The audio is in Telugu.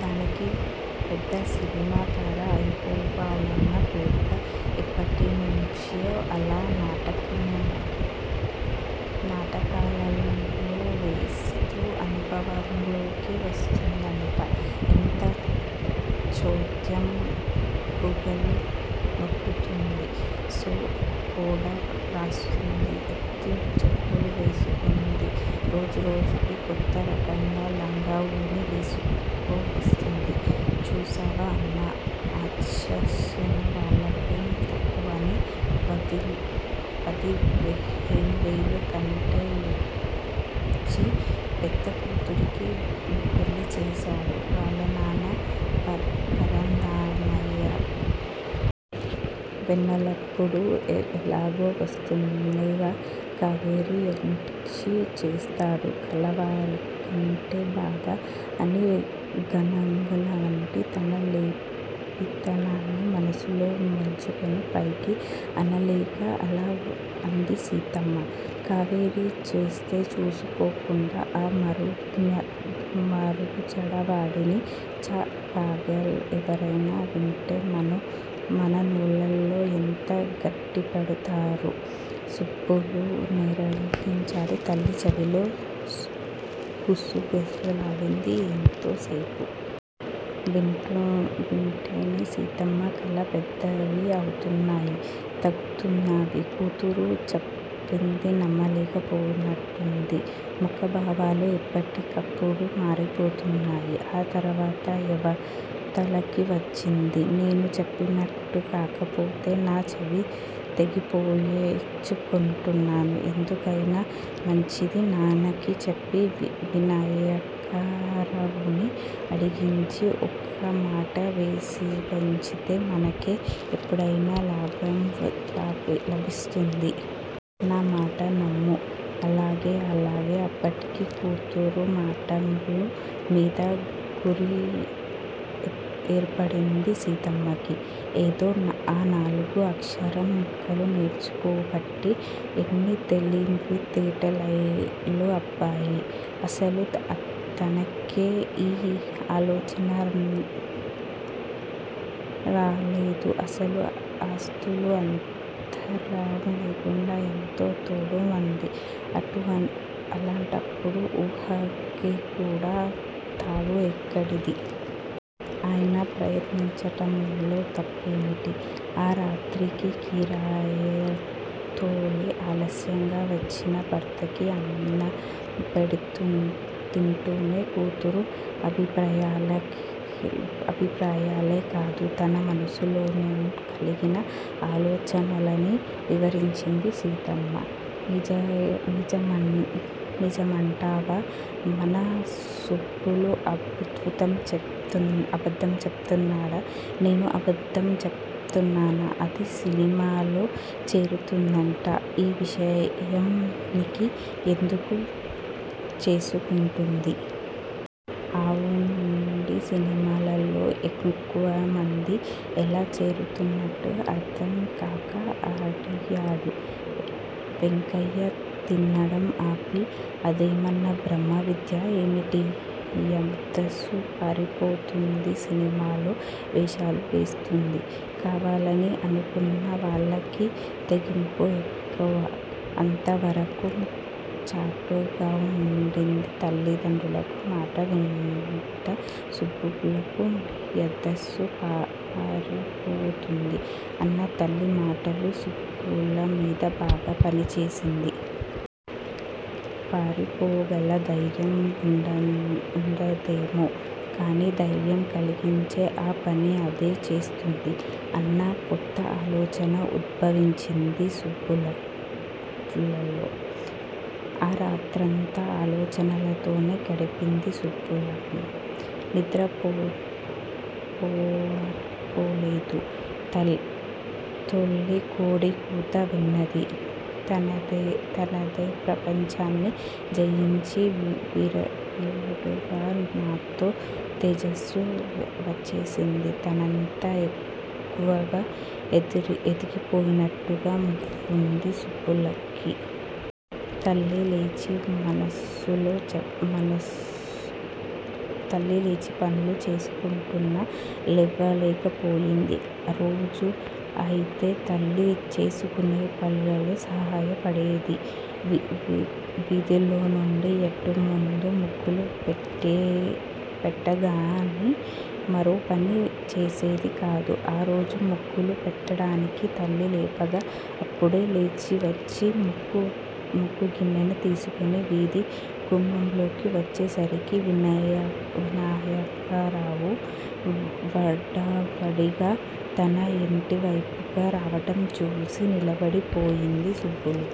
దానికి పెద్ద సినిమాతార అయిపోవాలన్న కోరిక! ఇప్పటినుంచే అలా నాటకాలలో వేస్తే అనుభవంలోకి వస్తుందట! ఎంత చోద్యం! బుగ్గలు నొక్కుకుంది. స్నో, పౌడర్ రాస్తుంది ఎత్తుచేప్పులు వేస్తుంది రోజుకో కొత్తరకం లంగా, ఓణీ వేసుకువస్తుంది చూశావా అమ్మా! ఆఁచూశాను! వాళ్లకేం తక్కువని? పదిహేనువేలు కట్నం యిచ్చి పెద్దకూతురికి పెళ్ళిచేశాడు వాళ్ళనాన్న పరంధామయ్య! మేనల్లుడు ఎలాగూ వున్నాడుగా! కావేరీని యిచ్చి చేస్తాడు! కలవారికేమిటి బాధ? అన్ని హంగులూవుండి! తన లేమితనాన్ని మనసులో వుంచుకుని పైకి అనలేక అలాఅంది సీతమ్మ. కావేరి చస్తే చేసుకోదు ఆ మరుగుజ్జువాడిని. ఛా! వాగకు! ఎవరయినా వింటే మన నోళ్ళల్లో యింత గడ్డిపెడతారు. సుబ్బులు నెమ్మదిగావచ్చి తల్లి చెవిలో గుసగుసలాడింది ఎంతో సేపు! వింటుంటే సీతమ్మ కళ్ళు పెద్దవి అవుతున్నాయి తగ్గుతున్నవి! కూతురు చెప్పేది నమ్మలేకపోతున్నట్లు ముఖభావాలు ఎప్పటికప్పుడు మారిపోతున్నాయి. ఆ తరువాత యివతలికి వచ్చిఅంది. నేను చెప్పినట్టుకాకపోతే నా చెవి తెగ్గోయించుకుంటాను. ఎందుకయినా మంచిది నాన్నకి చెప్పి వినాయకరావుని అడిగించు! ఓ మాట వేసివుంచితే మనకే ఎప్పటికయినా లాభించుతుంది. నా మాట నమ్ము! అలాగే! అలాగే! అప్పటికి కూతురుమాటలు మీద గురిఏర్పడింది సీతమ్మకి! ఏదో ఆ నాలుగు అక్షరం ముక్కలు నేర్చుకోబట్టి యిన్ని తెలివితేటలు అబ్బాయి! అసలు తనకే ఈ ఆలోచన రానేలేదు! అసలు ఆస్తులు అంతరాలలోకూడా ఎంతోతేడా వుంది. అలాంటప్పుడు ఊహకికూడా తావు ఎక్కడిది? అయినా ప్రయత్నించటంలో తప్పేమిటి? ఆ రాత్రికి కిరాయితోలి ఆలస్యంగా వచ్చిన భర్తకి అన్నంవడ్డించి తింటుంటే కూతురు అభిప్రాయాలేకాదు, తన మనసులోనూ కలిగిన ఆలోచనలన్నీ వివరించింది సీతమ్మ. నిజమంటావా? మన సుబ్బులు అబద్దం చెపుతుందా? నేను అబద్దం చెపుతానా? అది సినిమాల్లో చేరుతుందట! ఈ వినాయకాన్ని ఎందుకు చేసుకుంటుంది? అవునండీ! సినిమాల్లో యిక్కడవుండి ఎలా చేరుతుందట? అర్ధంకాక అడిగాడు వెంకయ్య తినడం ఆపి. అదేమన్నా బ్రహ్మ విద్యా ఏమిటి? మద్రాసు పారిపోతుంది సినిమాల్లో వేషాలు వేస్తుంది. కావాలని అనుకున్న వాళ్ళకి తెగింపు ఎక్కువ! అంతవరకూ చాటుగావుండి తల్లిదండ్రుల మాటలు వింటున్న సుబ్బులుకి మద్రాసు పారిపోతుంది! అన్న తల్లి మాటలు సుబ్బులు మీద బాగా పనిచేసింది! పారిపోగల ధైర్యం వుండదేమో? కాని ధైర్యం కలిగించితే ఆ పనిఅదే చేస్తుంది! అన్న కొత్త ఆలోచన ఉద్భవించింది సుబ్బులులో. ఆ రాత్రంతా ఆలోచనలతోనే గడిపింది సుబ్బులు! నిద్రపోలేదు. తొలికోడి కూత విన్నది. తనేదో ప్రపంచాన్ని జయించిన వీరుడులాగా నూతనోత్తేజం వచ్చేసింది. తానెంతో ఎత్తుకు ఎదిగిపోయినట్టుగా వుంది సుబ్బులుకి! తల్లిలేచి పనులు చేసుకుంటున్నా లేవలేకపోయింది. రోజూ అయితే తల్లి చేసేపనుల్లో సహాయపడేది. వీధిలోనూ యింటిముందు ముగ్గులు పెట్టిగాని మరోపని చేసేది కాదు! ఆరోజు ముగ్గులు పెట్టటానికి తల్లి లేపగా అప్పుడే లేచివచ్చి ముగ్గుగిన్నె తీసుకుని వీధి గుమ్మంలోకి వచ్చేసరికి వినాయకరావు హడావుడిగా తమ యింటివైపుకే రావటం చూసి నిలబడిపోయింది సుబ్బులు.